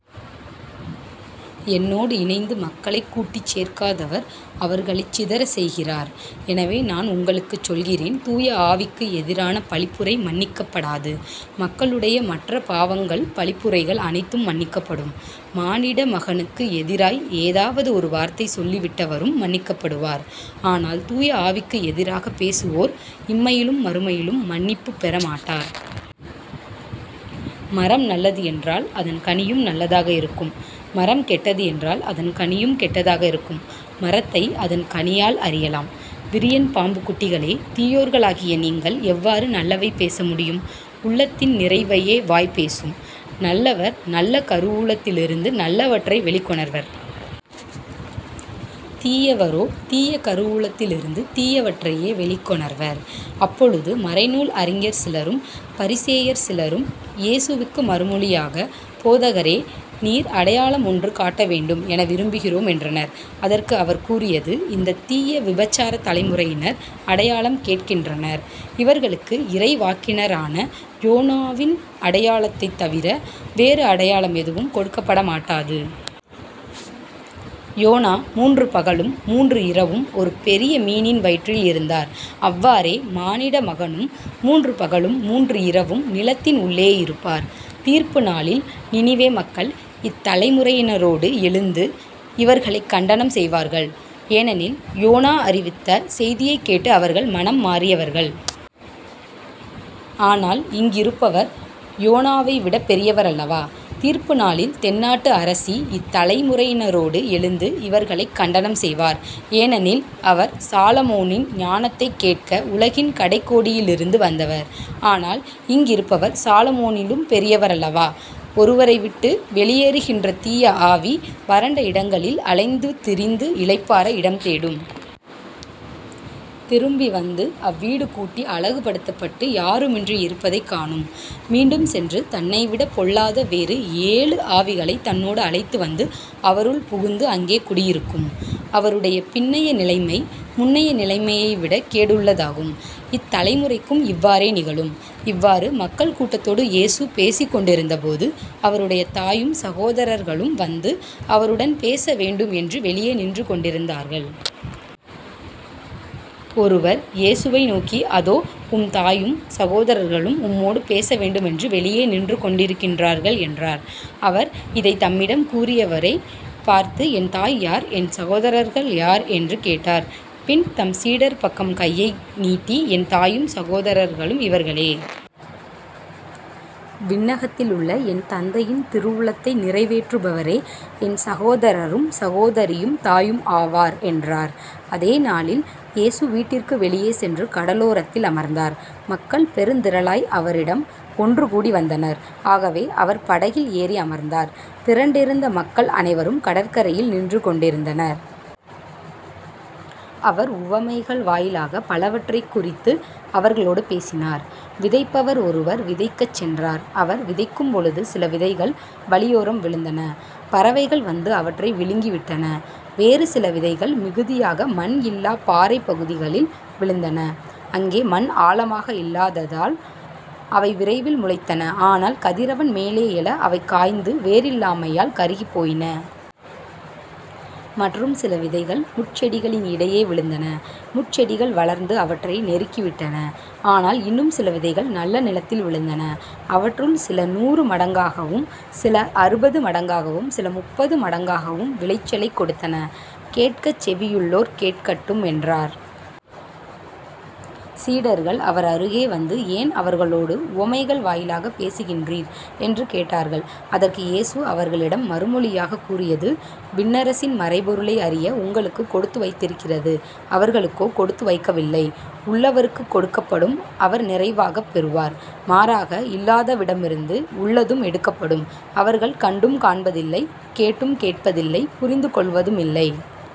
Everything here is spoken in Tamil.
என்னோடு இணைந்து மக்களைக் கூட்டிச் சேர்க்காதவர் அவர்களைச் சிதறச் செய்கிறார். எனவே நான் உங்களுக்குச் சொல்கிறேன் தூய ஆவிக்கு எதிரான பழிப்புரை மன்னிக்கப்படாது. மக்களுடைய மற்றப் பாவங்கள் பழிப்புரைகள் அனைத்தும் மன்னிக்கப்படும். மானிட மகனுக்கு எதிராய் ஏதாவது ஒரு வார்த்தை சொல்லி விட்டவரும் மன்னிக்கப்படுவார். ஆனால் தூய ஆவிக்கு எதிராகப் பேசுவோர் இம்மையிலும் மறுமையிலும் மன்னிப்புப் பெற மாட்டார். மரம் நல்லது என்றால் அதன் கனியும் நல்லதாக இருக்கும். மரம் கெட்டது என்றால் அதன் கனியும் கெட்டதாக இருக்கும். மரத்தை அதன் கனியால் அறியலாம். விரியன் பாம்புக் குட்டிகளே தீயோர்களாகிய நீங்கள் எவ்வாறு நல்லவை பேச முடியும்? உள்ளத்தின் நிறைவையே வாய் பேசும். நல்லவர் நல்ல கருவூலத்திலிருந்து நல்லவற்றை வெளிக் கொணர்வர். தீயவரோ தீய கருவூலத்திலிருந்து தீயவற்றையே வெளிக்கொணர்வர். அப்பொழுது மறைநூல் அறிஞர் சிலரும் பரிசேயர் சிலரும் இயேசுவுக்கு மறுமொழியாக போதகரே நீர் அடையாளம் ஒன்று காட்ட வேண்டும் என விரும்புகிறோம் என்றனர். அதற்கு அவர் கூறியது இந்தத் தீய விபசாரத் தலைமுறையினர் அடையாளம் கேட்கின்றனர். இவர்களுக்கு இறைவாக்கினரான யோனாவின் அடையாளத்தைத் தவிர வேறு அடையாளம் எதுவும் கொடுக்கப்பட மாட்டாது. யோனா மூன்று பகலும் மூன்று இரவும் ஒரு பெரிய மீனின் வயிற்றில் இருந்தார். அவ்வாறே மானிட மகனும் மூன்று பகலும் மூன்று இரவும் நிலத்தின் உள்ளே இருப்பார். தீர்ப்பு நாளில் நினிவே மக்கள் இத்தலைமுறையினரோடு எழுந்து இவர்களைக் கண்டனம் செய்வார்கள். ஏனெனில் யோனா அறிவித்த செய்தியைக் கேட்டு அவர்கள் மனம் மாறியவர்கள். ஆனால் இங்கிருப்பவர் யோனாவைவிடப் பெரியவர் அல்லவா. தீர்ப்பு நாளில் தென்னாட்டு அரசி இத்தலைமுறையினரோடு எழுந்து இவர்களைக் கண்டனம் செய்வார். ஏனெனில் அவர் சாலமோனின் ஞானத்தைக் கேட்க உலகின் கடைக் கோடியிலிருந்து வந்தவர். ஆனால் இங்கிருப்பவர் சாலமோனிலும் பெரியவர் அல்லவா. ஒருவரைவிட்டு வெளியேறுகின்ற தீய ஆவி வறண்ட இடங்களில் அலைந்து திரிந்து இளைப்பாற இடம் தேடும். திரும்பி வந்து அவ்வீடு கூட்டி அழகுபடுத்தப்பட்டு யாருமின்றி இருப்பதைக் காணும். மீண்டும் சென்று தன்னைவிடப் பொல்லாத வேறு ஏழு ஆவிகளைத் தன்னோடு அழைத்து வந்து அவருள் புகுந்து அங்கே குடியிருக்கும். அவருடைய பின்னைய நிலைமை முன்னைய நிலைமையைவிடக் கேடுள்ளதாகும். இத்தலைமுறைக்கும் இவ்வாறே நிகழும். இவ்வாறு மக்கள் கூட்டத்தோடு இயேசு பேசிக் கொண்டிருந்த போது அவருடைய தாயும் சகோதரர்களும் வந்து அவருடன் பேச வேண்டும் என்று வெளியே நின்று கொண்டிருந்தார்கள். ஒருவர் இயேசுவை நோக்கி அதோ உம்தாயும் சகோதரர்களும் உம்மோடு பேச வேண்டும் என்று வெளியே நின்று கொண்டிருக்கின்றார்கள் என்றார். அவர், இதைத் தம்மிடம் கூறியவரைப் பார்த்து என் தாய் யார்? என் சகோதரர்கள் யார்? என்று கேட்டார். பின் தம் சீடர் பக்கம் கையை நீட்டி என் தாயும் சகோதரர்களும் இவர்களே. விண்ணகத்திலுள்ள என் தந்தையின் திருவுளத்தை நிறைவேற்றுபவரே என் சகோதரரும் சகோதரியும் தாயும் ஆவார் என்றார். அதே நாளில் இயேசு வீட்டிற்கு வெளியே சென்று கடலோரத்தில் அமர்ந்தார். மக்கள் பெருந்திரளாய் அவரிடம் ஒன்றுகூடி வந்தனர். ஆகவே அவர் படகில் ஏறி அமர்ந்தார். திரண்டிருந்த மக்கள் அனைவரும் கடற்கரையில் நின்றுகொண்டிருந்தனர். அவர் உவமைகள் வாயிலாகப் பலவற்றைக் குறித்து அவர்களோடு பேசினார் விதைப்பவர் ஒருவர் விதைக்கச் சென்றார். அவர் விதைக்கும்பொழுது சில விதைகள் வழியோரம் விழுந்தன. பறவைகள் வந்து அவற்றை விழுங்கி விட்டன. வேறு சில விதைகள் மிகுதியாக மண் இல்லாப் பாறைப் பகுதிகளில் விழுந்தன. அங்கே மண் ஆழமாக இல்லாததால் அவை விரைவில் முளைத்தன ஆனால் கதிரவன் மேலே எழ அவை காய்ந்து வேரில்லாமையால் கருகிப் போயின. மற்றும் சில விதைகள் முட்செடிகளின் இடையே விழுந்தன. முட்செடிகள் வளர்ந்து அவற்றை நெருக்கிவிட்டன. ஆனால் இன்னும் சில விதைகள் நல்ல நிலத்தில் விழுந்தன. அவற்றுள் சில நூறு மடங்காகவும் சில அறுபது மடங்காகவும் சில முப்பது மடங்காகவும் விளைச்சலைக் கொடுத்தன. கேட்கச் செவியுள்ளோர் கேட்கட்டும் என்றார். சீடர்கள் அவரருகே வந்து ஏன் அவர்களோடு உவமைகள் வாயிலாகப் பேசுகின்றீர்? என்று கேட்டார்கள். அதற்கு இயேசு அவர்களிடம் மறுமொழியாகக் கூறியது விண்ணரசின் மறைபொருளை அறிய உங்களுக்குக் கொடுத்து வைத்திருக்கிறது அவர்களுக்கோ கொடுத்து வைக்கவில்லை. உள்ளவருக்குக் கொடுக்கப்படும் அவர் நிறைவாகப் பெறுவார். மாறாக இல்லாதவிடமிருந்து உள்ளதும் எடுக்கப்படும். அவர்கள் கண்டும் காண்பதில்லை கேட்டும் கேட்பதில்லை புரிந்து கொள்வதுமில்லை.